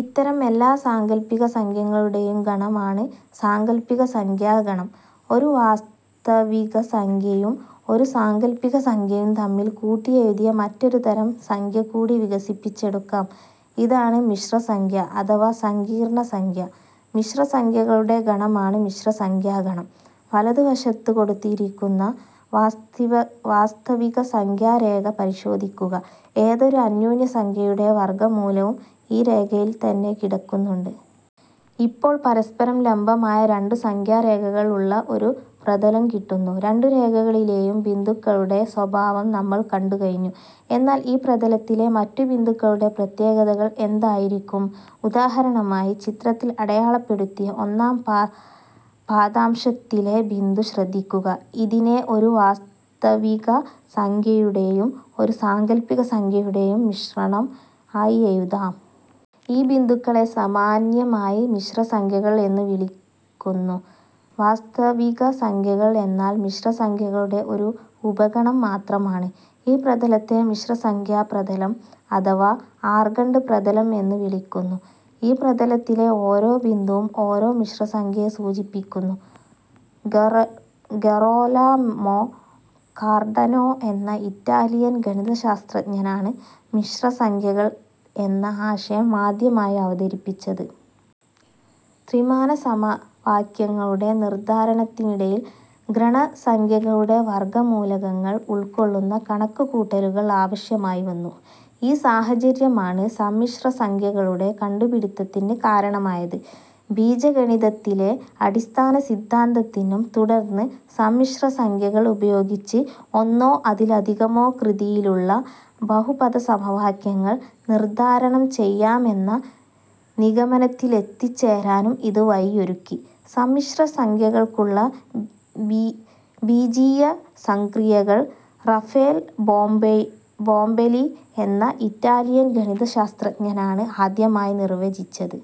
ഇത്തരം എല്ലാ സാങ്കൽപ്പികസംഖ്യകളുടെയും ഗണമാണ് സാങ്കൽപ്പികസംഖ്യാഗണം. ഒരു വാസ്തവികസംഖ്യയും ഒരു സാങ്കല്പികസംഖ്യയും തമ്മിൽ കൂട്ടിയെഴുതിയ മറ്റൊരു തരം സംഖ്യ കൂടി വികസിപ്പിച്ചെടുക്കാം. ഇതാണ് മിശ്രസംഖ്യ അഥവാ സങ്കീർണസംഖ്യ. മിശ്രസംഖ്യകളുടെ ഗണമാണ് മിശ്രസംഖ്യാഗണം. വലതുവശത്തു കൊടുത്തിരിയ്ക്കുന്ന വാസ്തവികസംഖ്യാരേഖ പരിശോധിയ്ക്കുക. ഏതൊരു അന്യൂനസംഖ്യയുടെ വർഗ്ഗമൂലവും ഈ രേഖയിൽ തന്നെ കിടക്കുന്നുണ്ട്. ഇപ്പോൾ പരസ്പരം ലംബമായ രണ്ടു സംഖ്യാരേഖകൾ ഉള്ള ഒരു പ്രതലം കിട്ടുന്നു. രണ്ടു രേഖകളിലെയും ബിന്ദുക്കളുടെ സ്വഭാവം നമ്മൾ കണ്ടു കഴിഞ്ഞു. എന്നാൽ ഈ പ്രതലത്തിലെ മറ്റു ബിന്ദുക്കളുടെ പ്രത്യേകതകൾ എന്തായിരിയ്ക്കും? ഉദാഹരണമായി ചിത്രത്തിൽ അടയാളപ്പെടുത്തിയ ഒന്നാം പാദാംശത്തിലെ ബിന്ദു ശ്രദ്ധിയ്ക്കുക. ഇതിനെ ഒരു വാസ്തവികസംഖ്യയുടെയും ഒരു സാങ്കൽപ്പികസംഖ്യയുടെയും മിശ്രണം ആയി എഴുതാം. ഈ ബിന്ദുക്കളെ സാമാന്യമായി മിശ്രസംഖ്യകൾ എന്നു വിളിയ്ക്കുന്നു. വാസ്തവികസംഖ്യകൾ എന്നാൽ മിശ്രസംഖ്യകളുടെ ഒരു ഉപഗണം മാത്രമാണ്. ഈ പ്രതലത്തെ മിശ്രസംഖ്യാപ്രതലം അഥവാ ആർഗണ്ട് പ്രതലം എന്നു വിളിയ്ക്കുന്നു. ഈ പ്രതലത്തിലെ ഓരോ ബിന്ദുവും ഓരോ മിശ്രസംഖ്യയെ സൂചിപ്പിയ്ക്കുന്നു. ഗെറൊലമൊ കർഡാനൊ എന്ന ഇറ്റാലിയൻ ഗണിതശാസ്ത്രജ്ഞനാണ് മിശ്ര സംഖ്യകൾ എന്ന ആശയം ആദ്യമായി അവതരിപ്പിച്ചത്. ത്രിമാനസമവാക്യങ്ങളുടെ നിർദ്ധാരണത്തിനിടയിൽ ഋണസംഖ്യകളുടെ വർഗ്ഗമൂലങ്ങൾ ഉൾക്കൊള്ളുന്ന കണക്കുകൂട്ടലുകൾ ആവശ്യമായി വന്നു. ഈ സാഹചര്യമാണ് സമ്മിശ്രസംഖ്യകളുടെ കണ്ടുപിടിത്തത്തിന് കാരണമായത്. ബീജഗണിതത്തിലെ അടിസ്ഥാന സിദ്ധാന്തത്തിനും തുടർന്ന് സമ്മിശ്രസംഖ്യകൾ ഉപയോഗിച്ച് ഒന്നോ അതിലധികമോ കൃതിയിലുള്ള ബഹുപദസമവാക്യങ്ങൾ നിർദ്ധാരണം ചെയ്യാമെന്ന നിഗമനത്തിലെത്തിച്ചേരാനും ഇത് വഴിയൊരുക്കി. സമ്മിശ്രസംഖ്യകൾക്കുള്ള ബീജീയസംക്രിയകൾ റഫേൽ ബോംബെലി എന്ന ഇറ്റാലിയൻ ഗണിതശാസ്ത്രജ്ഞനാണ് ആദ്യമായി നിർവ്വചിച്ചത്.